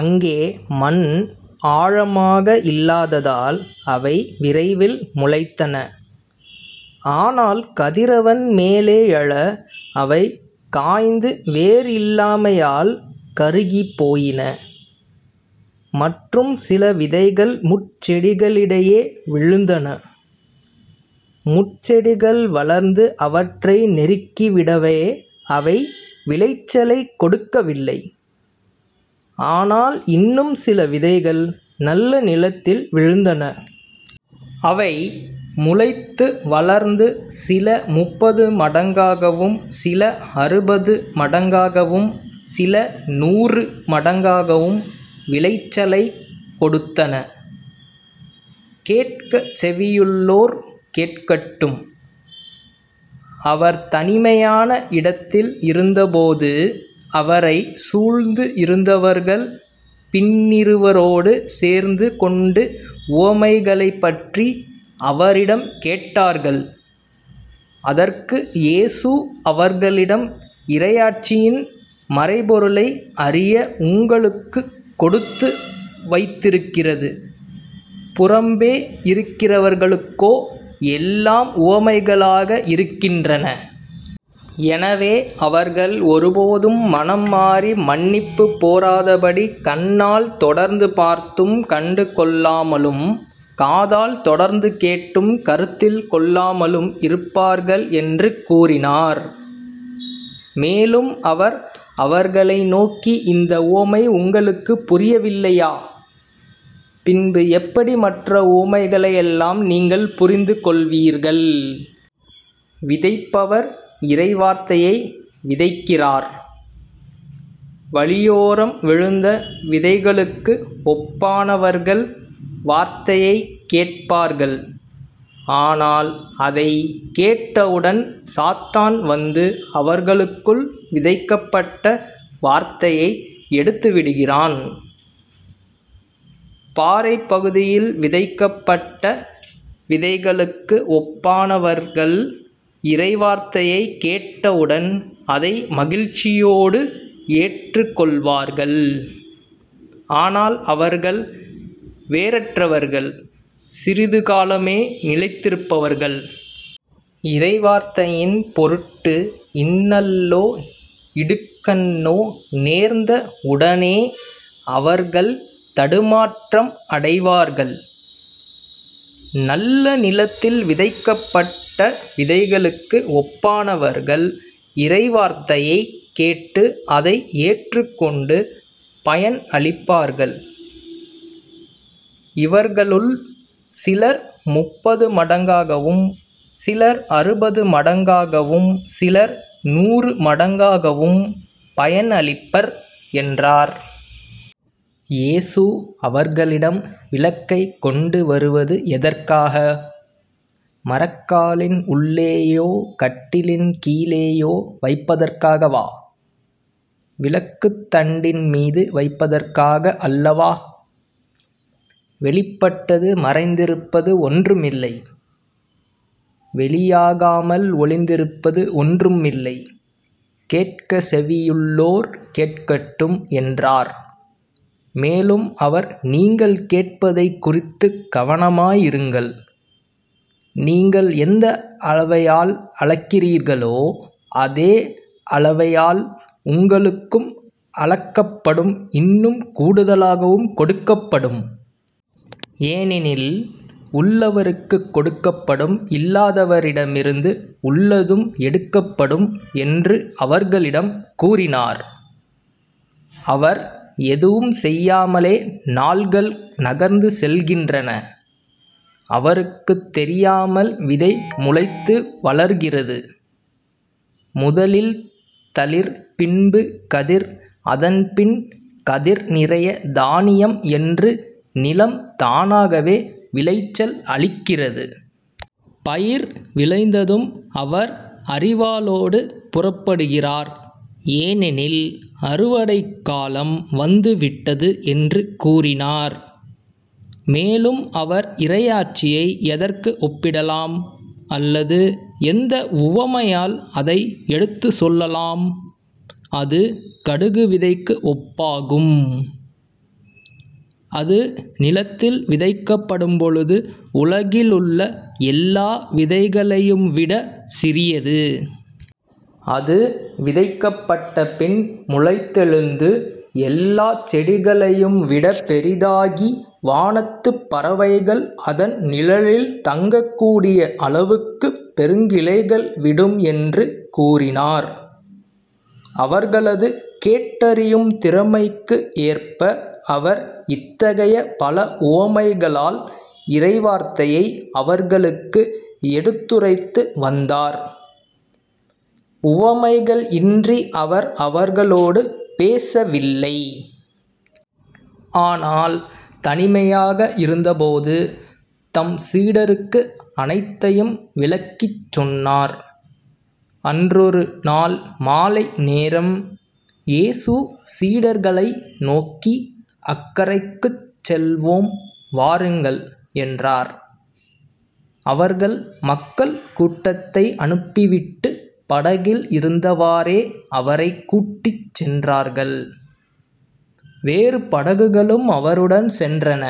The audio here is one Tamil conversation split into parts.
அங்கே மண் ஆழமாக இல்லாததால் அவை விரைவில் முளைத்தன. ஆனால் கதிரவன் மேலே எழ அவை காய்ந்து வேர் இல்லாமையால் கருகிப் போயின. மற்றும் சில விதைகள் முட்செடிகளிடையே விழுந்தன. முட்செடிகள் வளர்ந்து அவற்றை நெருக்கிவிடவே அவை விளைச்சலைக் கொடுக்கவில்லை. ஆனால் இன்னும் சில விதைகள் நல்ல நிலத்தில் விழுந்தன. அவை முளைத்து வளர்ந்து சில முப்பது மடங்காகவும் சில அறுபது மடங்காகவும் சில நூறு மடங்காகவும் விளைச்சலைக் கொடுத்தன. கேட்கச் செவியுள்ளோர் கேட்கட்டும். அவர் தனிமையான இடத்தில் இருந்தபோது அவரைச் சூழ்ந்து இருந்தவர்கள் பன்னிருவரோடு சேர்ந்து கொண்டு உவமைகளைப்பற்றி அவரிடம் கேட்டார்கள். அதற்கு இயேசு அவர்களிடம் இறையாட்சியின் மறைபொருளை அறிய உங்களுக்குக் கொடுத்து வைத்திருக்கிறது புறம்பே இருக்கிறவர்களுக்கோ எல்லாம் உவமைகளாகவே இருக்கின்றன. எனவே அவர்கள் ஒருபோதும் மனம் மாறி மன்னிப்புப் பெறாதபடி கண்ணால் தொடர்ந்து பார்த்தும் கண்டுகொள்ளாமலும் காதால் தொடர்ந்து கேட்டும் கருத்தில் கொள்ளாமலும் இருப்பார்கள் என்று கூறினார். மேலும் அவர் அவர்களை நோக்கி இந்த உவமை உங்களுக்குப் புரியவில்லையா? பின்பு எப்படி மற்ற உவமைகளையெல்லாம் நீங்கள் புரிந்துகொள்வீர்கள்? விதைப்பவர் இறைவார்த்தையை விதைக்கிறார். வழியோரம் விழுந்த விதைகளுக்கு ஒப்பானவர்கள் வார்த்தையைக் கேட்பார்கள். ஆனால் அதைக் கேட்டவுடன் சாத்தான் வந்து அவர்களுள் விதைக்கப்பட்ட வார்த்தையை எடுத்துவிடுகிறான். பாறைப் பகுதியில் விதைக்கப்பட்ட விதைகளுக்கு ஒப்பானவர்கள் இறைவார்த்தையைக் கேட்டவுடன் அதை மகிழ்ச்சியோடு ஏற்றுக் கொள்வார்கள். ஆனால் அவர்கள் வேரற்றவர்கள் சிறிது காலமே நிலைத்திருப்பவர்கள். இறைவார்த்தையின் பொருட்டு இன்னலோ இடுக்கண்ணோ நேர்ந்த உடனே அவர்கள் தடுமாற்றம் அடைவார்கள். நல்ல நிலத்தில் விதைக்கப்பட்ட விதைகளுக்கு ஒப்பானவர்கள் இறைவார்த்தையைக் கேட்டு அதை ஏற்றுக் கொண்டு பயன் அளிப்பார்கள். இவர்களுள் சிலர் முப்பது மடங்காகவும் சிலர் அறுபது மடங்காகவும் சிலர் நூறு மடங்காகவும் பயன் அளிப்பர் என்றார். இயேசு அவர்களிடம் விளக்கைக் கொண்டு வருவது எதற்காக? மரக்காலின் உள்ளேயோ கட்டிலின் கீழேயோ வைப்பதற்காகவா? விளக்குத் தண்டின் மீது வைப்பதற்காக அல்லவா? வெளிப்படாது மறைந்திருப்பது ஒன்றுமில்லை. வெளியாகாமல் ஒளிந்திருப்பது ஒன்றுமில்லை. கேட்கச் செவியுள்ளோர் கேட்கட்டும் என்றார். மேலும் அவர் நீங்கள் கேட்பதைக் குறித்துக் கவனமாயிருங்கள். நீங்கள் எந்த அளவையால் அளக்கிறீர்களோ அதே அளவையால் உங்களுக்கும் அளக்கப்படும் இன்னும் கூடுதலாகவும் கொடுக்கப்படும். ஏனெனில், உள்ளவருக்குக் கொடுக்கப்படும் இல்லாதவரிடமிருந்து உள்ளதும் எடுக்கப்படும் என்று அவர்களிடம் கூறினார். அவர் எதுவும் செய்யாமலே நாள்கள் நகர்ந்து செல்கின்றன. அவருக்குத் தெரியாமல் விதை முளைத்து வளருகிறது. முதலில் தளிர் பின்பு கதிர் அதன் பின் கதிர் நிறைய தானியம் என்று நிலம் தானாகவே விளைச்சல் அளிக்கிறது. பயிர் விளைந்ததும் அவர் அரிவாளோடு புறப்படுகிறார் ஏனெனில் அறுவடைக் காலம் வந்துவிட்டது என்று கூறினார். மேலும் அவர் இறையாட்சியை எதற்கு ஒப்பிடலாம்? அல்லது எந்த உவமையால் அதை எடுத்துச் சொல்லலாம்? அது கடுகு விதைக்கு ஒப்பாகும். அது நிலத்தில் விதைக்கப்படும்பொழுது உலகிலுள்ள எல்லா விதைகளையும்விடச் சிறியது. அது விதைக்கப்பட்டபின் முளைத்தெழுந்து எல்லாச் செடிகளையும் விடப் பெரிதாகி வானத்துப் பறவைகள் அதன் நிழலில் தங்கக் கூடிய அளவுக்குப் பெருங்கிளைகள் விடும் என்று கூறினார். அவர்களது கேட்டறியும் திறமைக்கு ஏற்ப அவர் இத்தகைய பல உவமைகளால் இறைவார்த்தையை அவர்களுக்கு எடுத்துரைத்து வந்தார். உவமைகள் இன்றி அவர் அவர்களோடு பேசவில்லை. ஆனால் தனிமையாக இருந்தபோது தம் சீடருக்கு அனைத்தையும் விளக்கிச் சொன்னார். அன்றொரு நாள் மாலை நேரம். இயேசு சீடர்களை நோக்கி அக்கரைக்குச் செல்வோம் வாருங்கள் என்றார். அவர்கள் மக்கள் கூட்டத்தை அனுப்பிவிட்டு படகில் இருந்தவாறே அவரைக் கூட்டிச் சென்றார்கள். வேறு படகுகளும் அவருடன் சென்றன.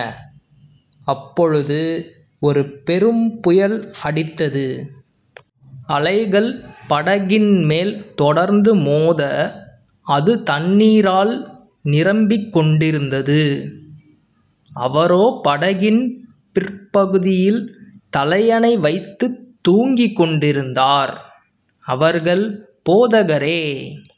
அப்பொழுது ஒரு பெரும் புயல் அடித்தது. அலைகள் படகின் மேல் தொடர்ந்து மோத, அது தண்ணீரால் நிரம்பிக் கொண்டிருந்தது. அவரோ படகின் பிற்பகுதியில் தலையணை வைத்துத் தூங்கிக்கொண்டிருந்தார். அவர்கள் போதகரே